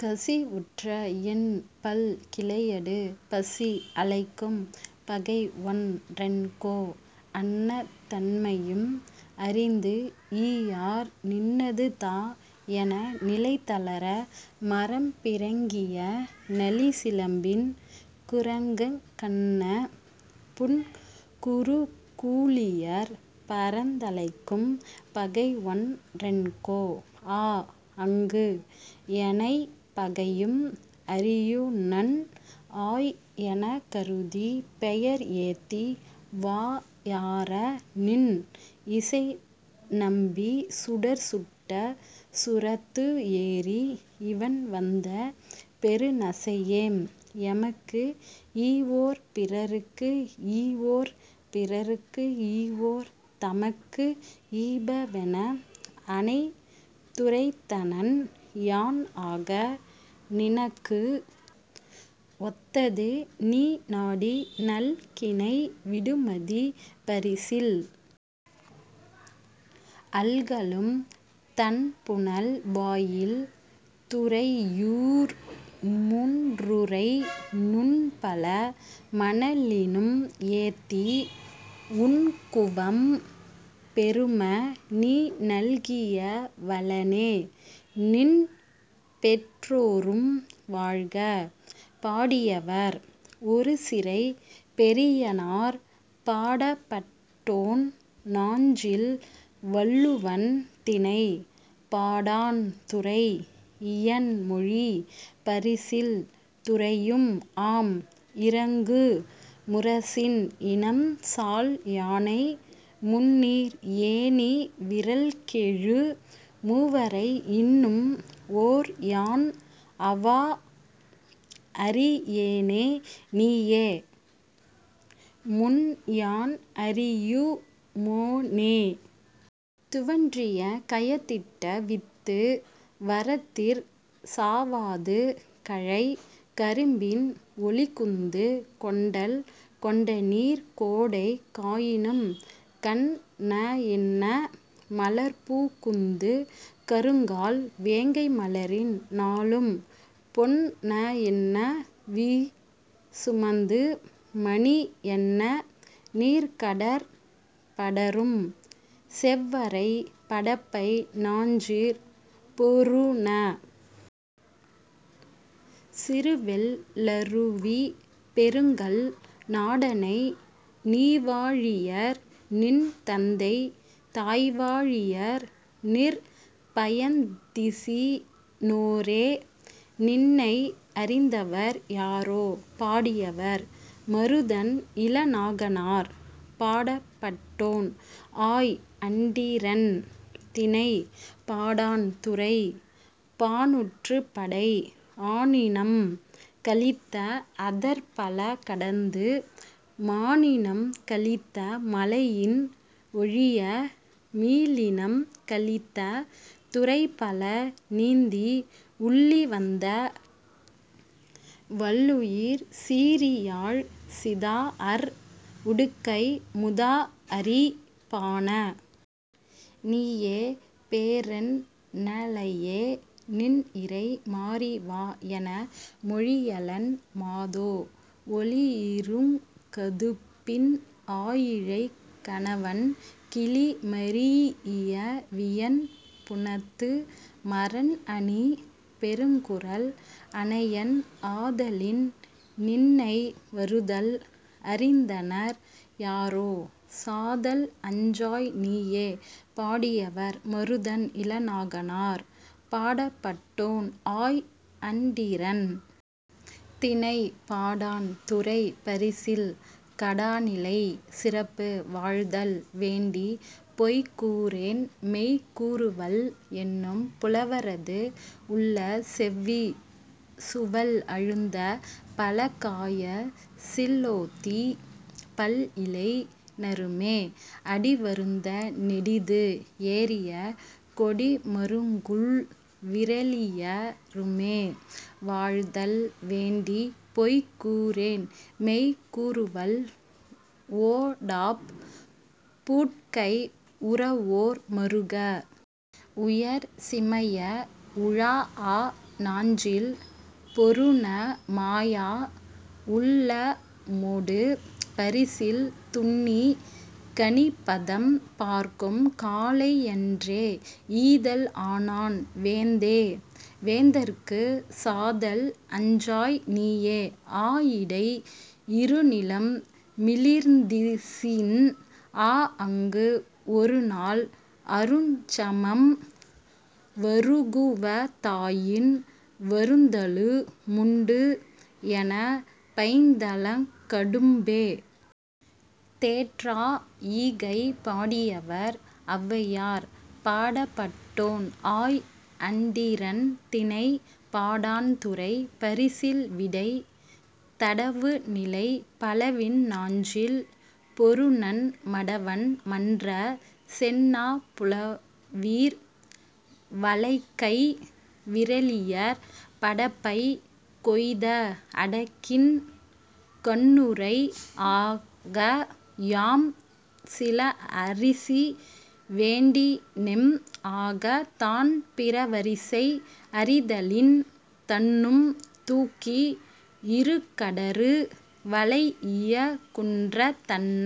கசிவுற்ற என் பல் கிளையடு பசி அலைக்கும் பகைஒன் றென்கோ? அன்ன தன்மையும் அறிந்து ஈயார், 'நின்னது தா' என, நிலை தளர, மரம் பிறங்கிய நளிச் சிலம்பின், குரங்கு கன்ன புன்குறுங் கூளியர் பரந் தலைக்கும் பகைஒன் றென்கோ? 'ஆஅங்கு, எனைப் பகையும் அறியுநன் ஆய், எனக் கருதிப், பெயர் ஏத்தி, வா யாரநின் இசை நம்பிச், சுடர் சுட்ட சுரத்து ஏறி, இவண் வந்த பெரு நசையேம்; 'எமக்கு ஈவோர் பிறர்க்கு ஈவோர்; பிறர்க்கு ஈவோர் தமக்கு ஈப' வென அனைத் துரைத்தனன் யான்ஆக, நினக்கு ஒத்தது நீ நாடி, நல்கினை விடுமதி, பரிசில்! அல்கலும், தண்புனல் வாயில் துறையூர் முன்றுறை நுண்பல மணலினும் ஏத்தி, உண்குவம், பெரும! நீ நல்கிய வளனே.. நின்பெற்றோரும் வாழ்க! பாடியவர்: ஒருசிறைப் பெரியனார். பாடப்பட்டோன்: நாஞ்சில் வள்ளுவன். திணை: பாடாண். துறை: இயன் மொழி; பரிசில் துறையும் ஆம். இரங்கு முரசின், இனம் சால் யானை, முந்நீர் ஏணி விறல்கெழு மூவரை இன்னும் ஓர் யான் அவாஅறி யேனே; நீயே, முன்யான் அரியு மோனே! துவன்றிய கயத்திட்ட வித்து வறத்திற் சாவாது, கழைக் கரும்பின், ஒலிக்குந்து, கொண்டல் கொண்டநீர் கோடை காயினும், கண் ணன்ன மலர்பூக் குந்து, கருங்கால் வேங்கை மலரின், நாளும் பொன் னன்ன வீ சுமந்து, மணி யன்ன நீர் கடற் படரும்; செவ்வரைப் படப்பை நாஞ்சிற் பொருந! சிறுவெள் ளருவிப் பெருங்கல் நாடனை! நீவா ழியர் நின் தந்தை தாய்வா ழியர் நிற் பயந்திசி னோரே!. நின்னை அறிந்தவர் யாரோ? பாடியவர்: மருதன் இளநாகனார். பாடப்பட்டோன்: ஆய் அண்டிரன். திணை: பாடாண். துறை: பாணாற்றுப் படை. ஆனினம் கலித்த அதர்பல கடந்து, மானினம் கலித்த மலையின் ஒழிய, மீளினம் கலித்த துறைபல நீந்தி, உள்ளி வந்த, வள்ளுயிர்ச் சீறியாழ், சிதாஅர் உடுக்கை, முதாஅரிப் பாண! நீயே, பேரெண் ணலையே; நின்இறை, 'மாறி வா' என மொழியலன் மாதோ; ஒலியிருங் கதுப்பின் ஆயிழை கணவன் கிளி மரீஇய வியன் புனத்து மரன் அணி பெருங்குரல் அனையன் ஆதலின், நின்னை வருதல் அறிந்தனர் யாரே!. சாதல் அஞ்சாய் நீயே! பாடியவர்: மருதன் இளநாகனார். பாடப்பட்டோன்: ஆய் அண்டிரன். திணை: பாடாண். துறை: பரிசில் கடா நிலை. சிறப்பு: 'வாழ்தல் வேண்டிப் பொய் கூறேன்; மெய் கூறுவல்' என்னும் புலவரது உள்ளச் செவ்வி. சுவல் அழுந்தப் பல காய சில் லோதிப் பல்இளை ஞருமே, அடி வருந்த நெடிது ஏறிய கொடி மருங்குல் விறலிய ருமே, வாழ்தல் வேண்டிப் பொய் கூறேன்; மெய் கூறுவல்; ஓடாப் பூட்கை உரவோர் மருக! உயர் சிமைய உழாஅ நாஞ்சில் பொருந! மாயா உள்ளமொடு பரிசில் துன்னிக், கனிபதம் பார்க்கும் காலை யன்றே; ஈதல் ஆனான், வேந்தே; வேந்தற்குச் சாதல் அஞ்சாய், நீயே; ஆயிடை, இருநிலம் மிளிர்ந்திசின் ஆஅங்கு, ஒருநாள், அருஞ் சமம் வருகுவ தாயின், வருந்தலு முண்டு, என் பைதலங் கடும்பே. தேற்றா ஈகை! பாடியவர்: ஔவையார். பாடப்பட்டோன்: ஆய் அண்டிரன். திணை: பாடாண். துறை: பரிசில் விடை. தடவுநிலைப் பலவின் நாஞ்சில் பொருநன் மடவன், மன்ற; செந்நாப் புலவீர்! வளைக்கை விறலியர் படப்பைக் கொய்த அடகின் கண்ணுறை ஆக யாம் சில அரிசி வேண்டினெம் ஆகத், தான் பிற வரிசை அறிதலின் தன்னும் தூக்கி. இருங்கடறு வளைஇய குன்றத் தன்ன